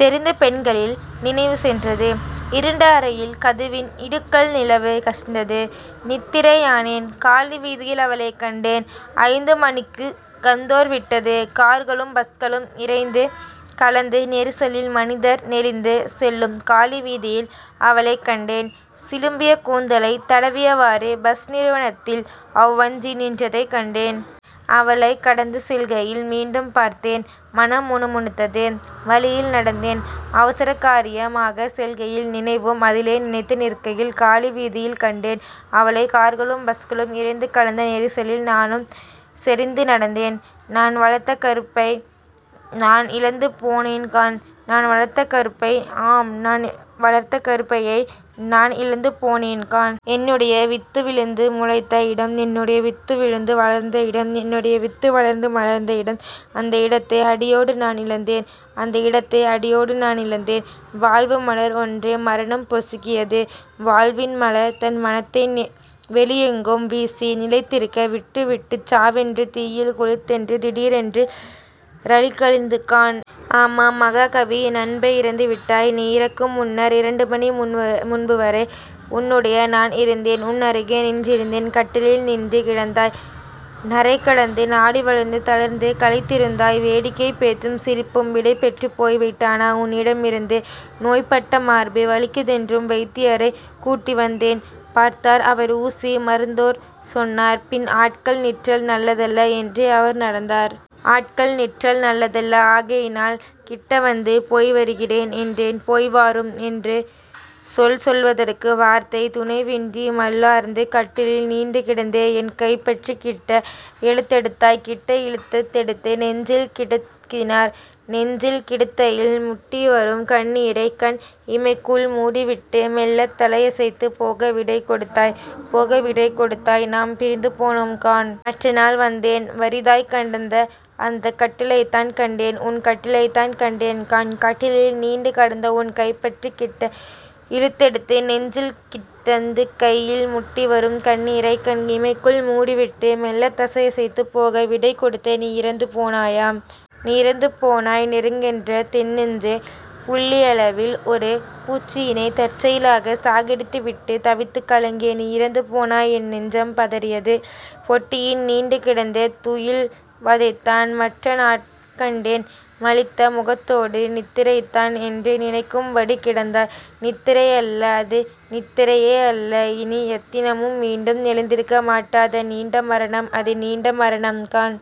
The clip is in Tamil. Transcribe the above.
தெரிந்த பெண்களில் நினைவு சென்றது. இருண்ட அறையில்। கதவின் இடுக்கால் நிலவு கசிந்தது நித்திரை யானேன். காலி வீதியில் அவளைக்கண்டேன் ஐந்து மனிக்குக் கந்தோர் விட்டதும் கார்களும் பஸ்களும் இரைந்து கலந்த நெரிசலில் மனிதர் நெளிந்து செல்லும் காலி வீதியில் அவளைக் கண்டேன். சிலும்பிய கூந்தலைத் தடவியவாறு பஸ்நிறுத்தத்தில் அவ்வஞ்சி நின்றதைக் கண்டேன். அவளைக் கடந்து செல்கையில் மீண்டும் பார்த்தேன் மனம் முணுமுணுத்தது. வழியில் நடந்தேன். அவசரகாரிய மாகச் செல்கையில் நினைவும் அதிலே நினைத்து நிற்கையில் காலி வீதியில் கண்டேன் அவளை கார்களும் பஸ்களும் இரைந்து கலந்த நெரிசலில் நானும் நெரிந்துநடந்தேன் நான்வளர்ந்த கருப்பையை நான் இழந்து போனேன்காண்... நான் வளர்ந்த கருப்பை, ஆம் நான் வளர்ந்த கருப்பையை நான் இழந்து போனேன்காண்... என்னுடைய வித்து விழுந்து முளைத்த இடம் என்னுடைய வித்து விழுந்து வளர்ந்த இடம் என்னுடைய வித்து வளர்ந்து மலர்ந்த இடம் அந்த இடத்தை அடியோடு நான் இழந்தேன்... அந்த இடத்தை அடியோடு நான் இழந்தேன்... வாழ்வு மலர் ஒன்றை மரணம் பொசுக்கியது வாழ்வின் மலர், தன் மணத்தை வெளியெங்கும் வீசி நிலைத்திருக்க விட்டு விட்டுச் சாவென்னும் தீயில் குளித்துத் திடீரென் றழிந்ததுகாண். ஆமாம் மஹாகவி, என் அன்பா இறந்து விட்டாய் நீ இறக்கு முன்னர் இரண்டுமணி முன்புவரை உன்னோடு நான் இருந்தேன் உன் அருகே நின்றிருந்தேன்... கட்டிலில் நீண்டு கிடந்தாய் நரைகலந்த நாடி வளர்ந்து தளர்ந்து களைத்திருந்தாய் வேடிக்கைப் பேச்சும் சிரிப்பும் விடைபெற்றுப் போய்விட்டன உன்னிடம் இருந்து. நோய்ப்பட்ட மார்வு வலிக்குதென்றாய் வைத்தியரைக் கூட்டிவந்தேன் பார்த்தார் அவர், ஊசி மருந்தேற்றச்சொன்னார் பின் ஆட்கள் நிற்றல் நல்லதல்ல என்றே அவர் நடந்தார்... ஆட்கள் நிற்றல் நல்லதல்ல... ஆகையினால் கிட்டவந்து 'போய்வருகிறேன்' என்றேன் போய்வாரும் என்றொரு சொல் சொல்வதற்கும் வார்த்தைத் துணைவியின்றி மல்லார்ந்து கட்டிலில் நீண்டு கிடந்தே என் கைபற்றிக் கிட்ட இழுத்தெடுத்தாய் கிட்ட இழுத் தெடுத்து நெஞ்சில் கிடத்தினாய்... நெஞ்சில் கிடத்துகையில் முட்டிவரும் கண்ணீரைக் கண் இமைக்குள் மூடிவிட்டு மெல்லத் தலையசைத்துப் போக விடை கொடுத்தாய் போக விடை கொடுத்தாய் நாம் பிரிந்து போனோம் காண்... மற்ற நாள் வந்தேன் வறிதாய்க் கடந்த அந்தக் கட்டிலைத்தான் கண்டேன், உன் கட்டிலைத்தான் கண்டேன் காண்... கட்டிலில் நீண்டு கடந்தே என் கைபற்றிக் கிட்ட இழுத்தெடுத்து நெஞ்சில் கிடத்துகையில் முட்டிவரும் கண்ணீரைக் கண் இமைக்குள் மூடிவிட்டு மெல்லத் தலையசைத்துப் போக விடை கொடுத்த நீ இறந்து போனாயாம்... 'நீ இறந்து போனாய் நெருக் கென்ற தென்நெஞ்சு' புள்ளியளவில் ஒரு பூச்சியினைத் தற்செயலாய்ச் சாகடித்து விட்டுத் தவித்துக் கலங்கிய நீ இறந்து போனாய் என் நெஞ்சம் பதறியது... பெட்டியிள் நீண்டு கிடந்து துயில்வதைத்தான் மற்றநாட் கண்டேன். மழித்த முகத்தோடு நித்திரைதான் என்று நினைக்கும்படி கிடந்தாய் நித்திரை அல்ல, அது நித்திரையே அல்ல இனி எத்தினமும் மீண்டும் எழுந்திருக்க மாட்டாத நீண்ட மரணம் அது நீண்ட மரணம் காண்...